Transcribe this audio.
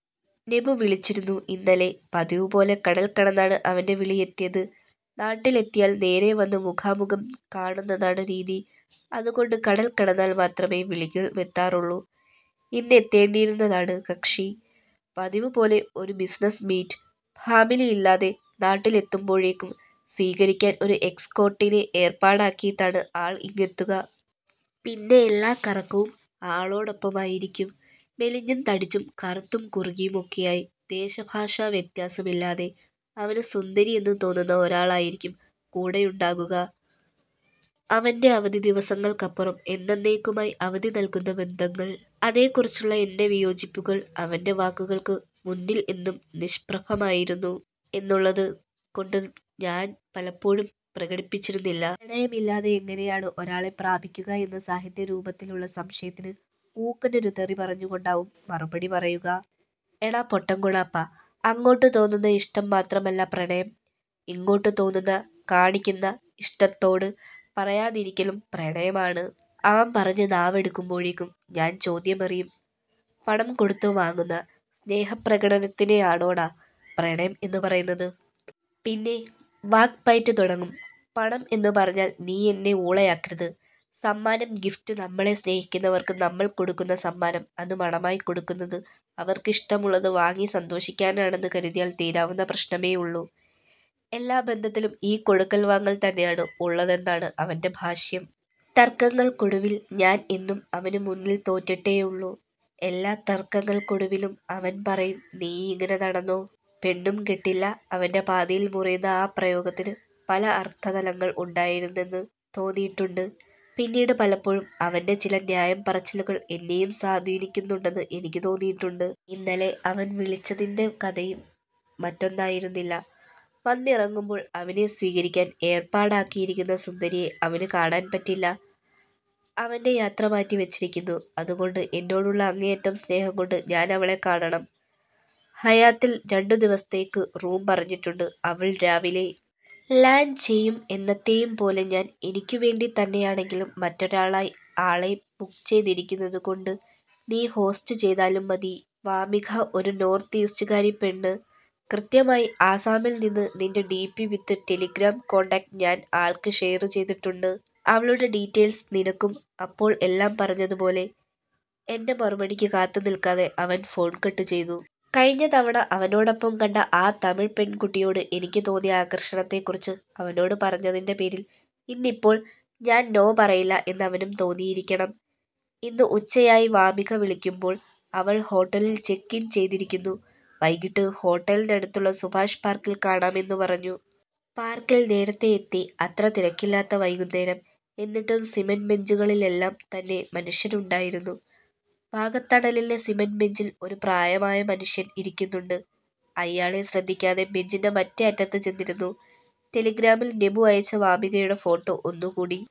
നെബു വിളിച്ചിരുന്നു ഇന്നലെ…! പതിവു പോലെ കടൽ കടന്നാണ് അവന്റെ വിളി എത്തിയത്. നാട്ടിലെത്തിയാൽ നേരേ വന്ന് മുഖാമുഖം കാണുന്നതാണ് രീതി. അതു കൊണ്ട് കടൽ കടന്നാൽ മാത്രമേ വിളികൾ എത്താറുള്ളൂ. ഇന്ന് എത്തേണ്ടിയിരുന്നതാണ് കക്ഷി. പതിവ് പൊലെ ഒരു ബിസിനസ് മീറ്റ്. ഫാമിലിയില്ലാതെ നാട്ടിൽ എത്തുമ്പോഴൊക്കെ സ്വീകരിക്കാൻ ഒരു എസ്കോർട്ടിനെ ഏർപ്പാടാക്കിയിട്ടാണ് ആൾ ഇങ്ങെത്തുക. പിന്നെ എല്ലാ കറക്കവും ആളോടൊപ്പമായിരിക്കും. മെലിഞ്ഞും തടിച്ചും കറുത്തും കുറുകിയും ഒക്കെയായി ദേശ ഭാഷാ വ്യത്യാസം ഇല്ലാതെ അവന് സുന്ദരി എന്നു തോന്നുന്ന ഒരാളായിരിക്കും കൂടെയുണ്ടാകുക. അവന്റെ അവധി ദിവസങ്ങൾക്കപ്പുറം എന്നേന്നേക്കുമായി അവധി നൽകുന്ന ബന്ധങ്ങൾ. അതേക്കുറിച്ചുള്ള എന്റെ വിയോജിപ്പുകൾ അവന്റെ വാക്കുകൾക്ക് മുന്നിൽ എന്നും നിഷ്പ്രഭമായിരുന്നു എന്നുള്ളത് കൊണ്ട് ഞാനത് പലപ്പോഴും പ്രകടിപ്പിച്ചിരുന്നില്ല. പ്രണയമില്ലാതെ എങ്ങനെയാണ് ഒരാളെ പ്രാപിക്കുക എന്ന സാഹിത്യരൂപത്തിലുള്ള സംശയത്തിന് ഊക്കനൊരു തെറി പറഞ്ഞു കൊണ്ടാവും മറുപടി പറയുക. ' എടാ പൊട്ടൻ കുണാപ്പാ, അങ്ങോട്ട് തോന്നുന്ന ഇഷ്ടം മാത്രമല്ല പ്രണയം, ഇങ്ങോട്ട് തോന്നുന്ന, കാണിക്കുന്ന ഇഷ്ടത്തോട് നോ പറയാതിരിക്കലും പ്രണയം ആണ്… ' അവൻ പറഞ്ഞ് നാവെടുക്കുമ്പോഴേക്കും ഞാൻ ചോദ്യമെറിയും, ' പണം കൊടുത്ത് വാങ്ങുന്ന സ്നേഹപ്രകടനത്തിനെയാണോടാ പ്രണയം എന്ന് പറയുന്നത്…? ' പിന്നെ വാക്പയറ്റ് തുടങ്ങും, 'പണം എന്നു പറഞ്ഞ് നീ എന്നെ ഊളയാക്കരുത്… സമ്മാനം… ഗിഫ്റ്റ്… നമ്മളെ സ്നേഹിക്കുന്നവർക്ക് നമ്മൾ കൊടുക്കുന്ന സമ്മാനം… അത് പണമായി കൊടുക്കുന്നത് അവർക്കിഷ്ടമുള്ളത് വാങ്ങി സന്തോഷിക്കാനാണെന്ന് കരുതിയാൽ തീരാവുന്ന പ്രശ്നമേ ഉള്ളൂ… ' 'എല്ലാ ബന്ധത്തിലും ഈ കൊടുക്കൽ വാങ്ങൽ തന്നെയാണ് ഉള്ളതെന്നാണ് അവന്റെ ഭാഷ്യം. തർക്കങ്ങൾക്കൊടുവിൽ ഞാൻ എന്നും അവനു മുന്നിൽ തോറ്റിട്ടേ ഉള്ളൂ… ' എല്ലാ തർക്കങ്ങൾക്കൊടുവിലും അവൻ പറയും, 'നീയിങ്ങനെ നടന്നോ…!! പെണ്ണും കെട്ടില്ല… ' അവന്റെ പാതിയിൽ മുറിയുന്ന ആ പ്രയോഗത്തിന് പല അർത്ഥ തലങ്ങൾ ഉണ്ടായിരുന്നെന്ന് തോന്നിയിട്ടുണ്ട്. പിന്നീട് പലപ്പോഴും അവന്റെ ചില ന്യായം പറച്ചിലുകൾ എന്നെയും സ്വാധീനിക്കുന്നുണ്ടെന്ന് എനിക്ക് തോന്നിയിട്ടുണ്ട്. ഇന്നലെ അവൻ വിളിച്ചതിന്റെ കഥയും മറ്റൊന്നായിരുന്നില്ല. വന്നിറങ്ങുമ്പോൾ അവനെ സ്വീകരിക്കാൻ ഏർപ്പാടാക്കിയിരിക്കുന്ന സുന്ദരിയെ അവന് കാണാൻ പറ്റില്ല. അവന്റെ യാത്ര മാറ്റി വച്ചിരിക്കുന്നു. അതു കൊണ്ട് എന്നോടുള്ള അങ്ങേയറ്റം സ്നേഹം കൊണ്ട് ഞാൻ അവളെ കാണണം. 'ഹയാത്തിൽ രണ്ടു ദിവസത്തേയ്ക്ക് റൂം പറഞ്ഞിട്ടുണ്ട്… അവൾ രാവിലെ ലാൻഡ് ചെയ്യും… എന്നത്തേയും പോലെ ഞാൻ എനിക്കു വേണ്ടി തന്നെയാണെങ്കിലും മറ്റൊരാളായി ആളെ ബുക്ക് ചെയ്തിരിക്കുന്നത് കൊണ്ട്, നീ ഹോസ്റ്റ് ചെയ്താലും മതി… '' വാമിഖ… ഒരു നോർത്ത് ഈസ്റ്റ്കാരി പെണ്ൺ… കൃത്യമായി ആസാമിൽ നിന്ന്… നിന്റെ ഡിപി വിത്ത് ടെലഗ്രാം കോണ്ടാക്ട് ഞാൻ ആൾക്ക് ഷെയർ ചെയ്തിട്ടുണ്ട്… അവളുടെ ഡീറ്റയിൽസ് നിനക്കും… അപ്പോൾ എല്ലാം പറഞ്ഞത് പോലെ… ' എന്റെ മറുപടിയ്ക്ക് കാത്തു നിൽക്കാതെ അവൻ ഫോൺ കട്ടു ചെയ്തു. കഴിഞ്ഞ തവണ അവനോടൊപ്പം കണ്ട ആ തമിഴ് പെൺകുട്ടിയോട് എനിക്കു തോന്നിയ ആകർഷണത്തേക്കുറിച്ച് അവനോട് പറഞ്ഞതിന്റെ പേരിൽ, ഇന്ന് ഇപ്പോൾ ഞാൻ നോ പറയില്ല എന്ന് അവനും തോന്നിയിരിക്കണം. ഇന്ന് ഉച്ചയായി വാമിഖ വിളിക്കുമ്പോൾ. അവൾ ഹോട്ടലിൽ ചെക്ക് ഇൻ ചെയ്തിരിക്കുന്നു. വൈകിട്ട് ഹോട്ടലിനടുതുള്ള സുഭാഷ് പാർക്കിൽ കാണാം എന്നു പറഞ്ഞു. പർക്കിൽ നേരത്തേ എത്തി. അത്ര തിരക്കില്ലാത്ത വൈകുന്നേരം. എന്നിട്ടും സിമന്റ് ബഞ്ചുകളിലെലെല്ലാം തന്നെ മനുഷ്യരുണ്ടായിരുന്നു. വാകത്തണലിലെ സിമന്റ് ബഞ്ചിൽ ഒരു പ്രായമായ മനുഷ്യൻ ഇരിക്കുന്നുണ്ട്. അയാളെ ശ്രദ്ധിക്കാതെ ബഞ്ചിന്റെ മറ്റേ അറ്റത്ത് ചെന്നിരുന്നു. ടെലഗ്രാമിൽ നെബു അയച്ച വാമിഖയുടെ ഫോട്ടോ ഒന്നു കൂടി